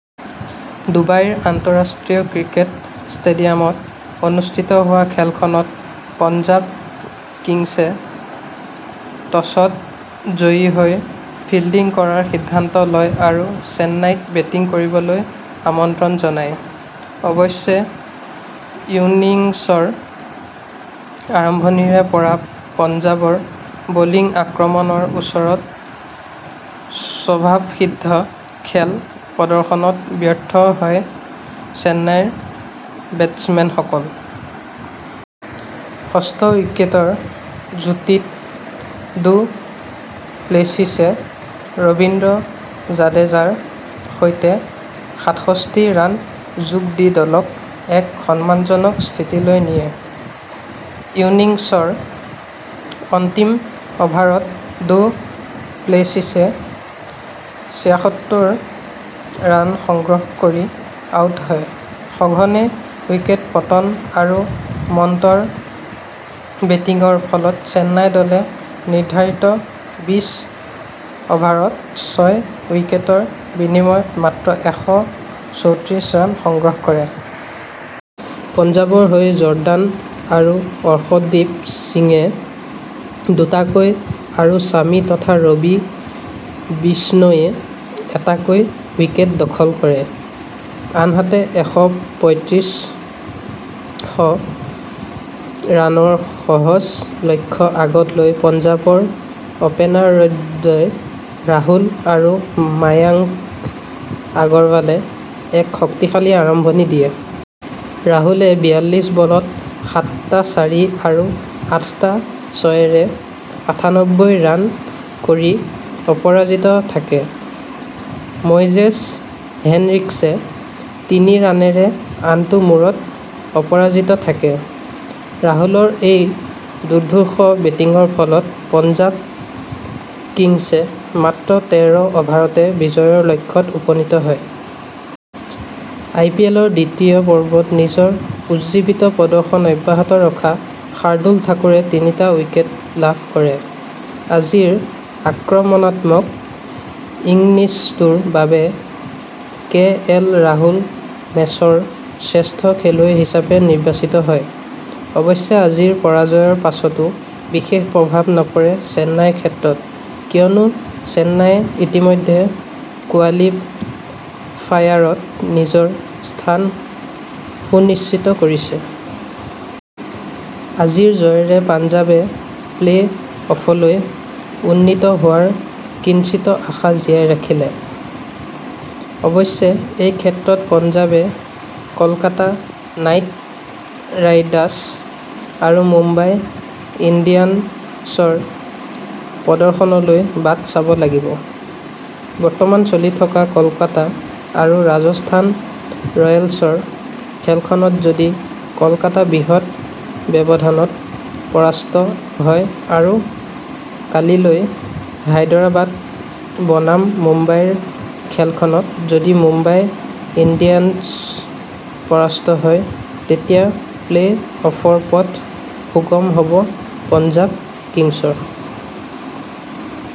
দুবাইৰ আন্তঃৰাষ্ট্ৰীয় ক্ৰিকেট ষ্টেডিয়ামত অনুষ্ঠিত হোৱা খেলখনত পঞ্জাৱ কিংছে টছত জয়ী হৈ ফিল্ডিং কৰাৰ সিদ্ধান্ত লয় আৰু চেন্নাইক বেটিং কৰিবলৈ আমন্ত্ৰণ জনায়। অৱশ্যে ইনিংছৰ আৰম্ভণিৰে পৰা পঞ্জাৱৰ বলিং আক্ৰমণৰ ওচৰত স্বভাৱসিদ্ধ খেল প্ৰদৰ্শনত ব্যৰ্থ হয় চেন্নাইৰ বেটচমেনসকল। ষষ্ঠ উইকেটৰ যুটিত ডু প্লেছিচে ৰবীন্দ্ৰ জাদেজাৰ সৈতে সাতষষ্ঠি ৰান যোগ দি দলক এক সন্মানজনক স্থিতিলৈ নিয়ে। ইনিংছৰ অন্তিম অভাৰত ডু প্লেছিচে ছিয়াত্তৰ ৰান সংগ্ৰহ কৰি আউট হয়। সঘনে উইকেট পতন আৰু মন্থৰ বেটিঙৰ ফলত চেন্নাই দলে নিৰ্ধাৰিত বিছ অভাৰত ছয় উইকেটৰ বিনিময়ত মাত্ৰ এশ চৌত্ৰিশ ৰান সংগ্ৰহ কৰে। পঞ্জাৱৰ হৈ জৰ্দান আৰু অৰ্শদ্বীপ সিঙে দুটাকৈ আৰু ছামি তথা ৰবি বিষ্ণৈয়ে এটাকৈ উইকেট দখল কৰে। আনহাতে এশ পয়ঁত্ৰিশ ৰানৰ সহজ লক্ষ্য আগত লৈ পঞ্জাৱৰ অপেনাৰদ্বয় ৰাহুল আৰু মায়াংক আগৰৱালে এক শক্তিশালী আৰম্ভণি দিয়ে। ৰাহুলে বিয়াল্লিছ বলত সাতটা চাৰি আৰু আঠটা ছয়েৰে আঠানব্বৈ ৰান কৰি অপৰাজিত থাকে। মইজেচ হেনৰিক্সে তিনি ৰানেৰে আনটো মূৰত অপৰাজিত থাকে। ৰাহুলৰ এই দুৰ্ধৰ্ষ বেটিঙৰ ফলত পঞ্জাৱ কিংছে মাত্ৰ তেৰ অভাৰতে বিজয়ৰ লক্ষ্যত উপনীত হয়। আইপিএলৰ দ্বিতীয় পৰ্বত নিজৰ উজ্জীৱিত প্ৰদৰ্শন অব্যাহত ৰখা শাৰ্দুল ঠাকুৰে তিনিটা উইকেট লাভ কৰে। আজিৰ আক্ৰমণাত্মক ইনিংছটোৰ বাবে কে এল ৰাহুল মেচৰ শ্ৰেষ্ঠ খেলুৱৈ হিচাপে নিৰ্বাচিত হয়। অৱশ্যে আজিৰ পৰাজয়ৰ পাছতো বিশেষ প্ৰভাৱ নপৰে চেন্নাইৰ ক্ষেত্ৰত, কিয়নো চেন্নায়ে ইতিমধ্যে কোৱালিফায়াৰত নিজৰ স্থান সুনিশ্চিত কৰিছে। আজিৰ জয়েৰে পঞ্জাৱে প্লে-অফলৈ উন্নীত হোৱাৰ কিঞ্চিত আশা জীয়াই ৰাখিলে। অৱশ্যে এই ক্ষেত্ৰত পঞ্জাৱে কলকাতা নাইট ৰাইডাৰ্ছ আৰু মুম্বাই ইণ্ডিয়ানছৰ প্ৰদৰ্শনলৈ বাট চাব লাগিব। বৰ্তমান চলি থকা কলকাতা আৰু ৰাজস্থান ৰয়েলছৰ খেলখনত যদি কলকাতা বৃহৎ ব্যৱধানত পৰাস্ত হয় আৰু কালিলৈ হাইদৰাবাদ বনাম মুম্বাইৰ খেলখনত যদি মুম্বাই ইণ্ডিয়ানছ পৰাস্ত হয়, তেতিয়া প্লে-অফৰ পথ সুগম হ'ব পঞ্জাৱ কিংছৰ।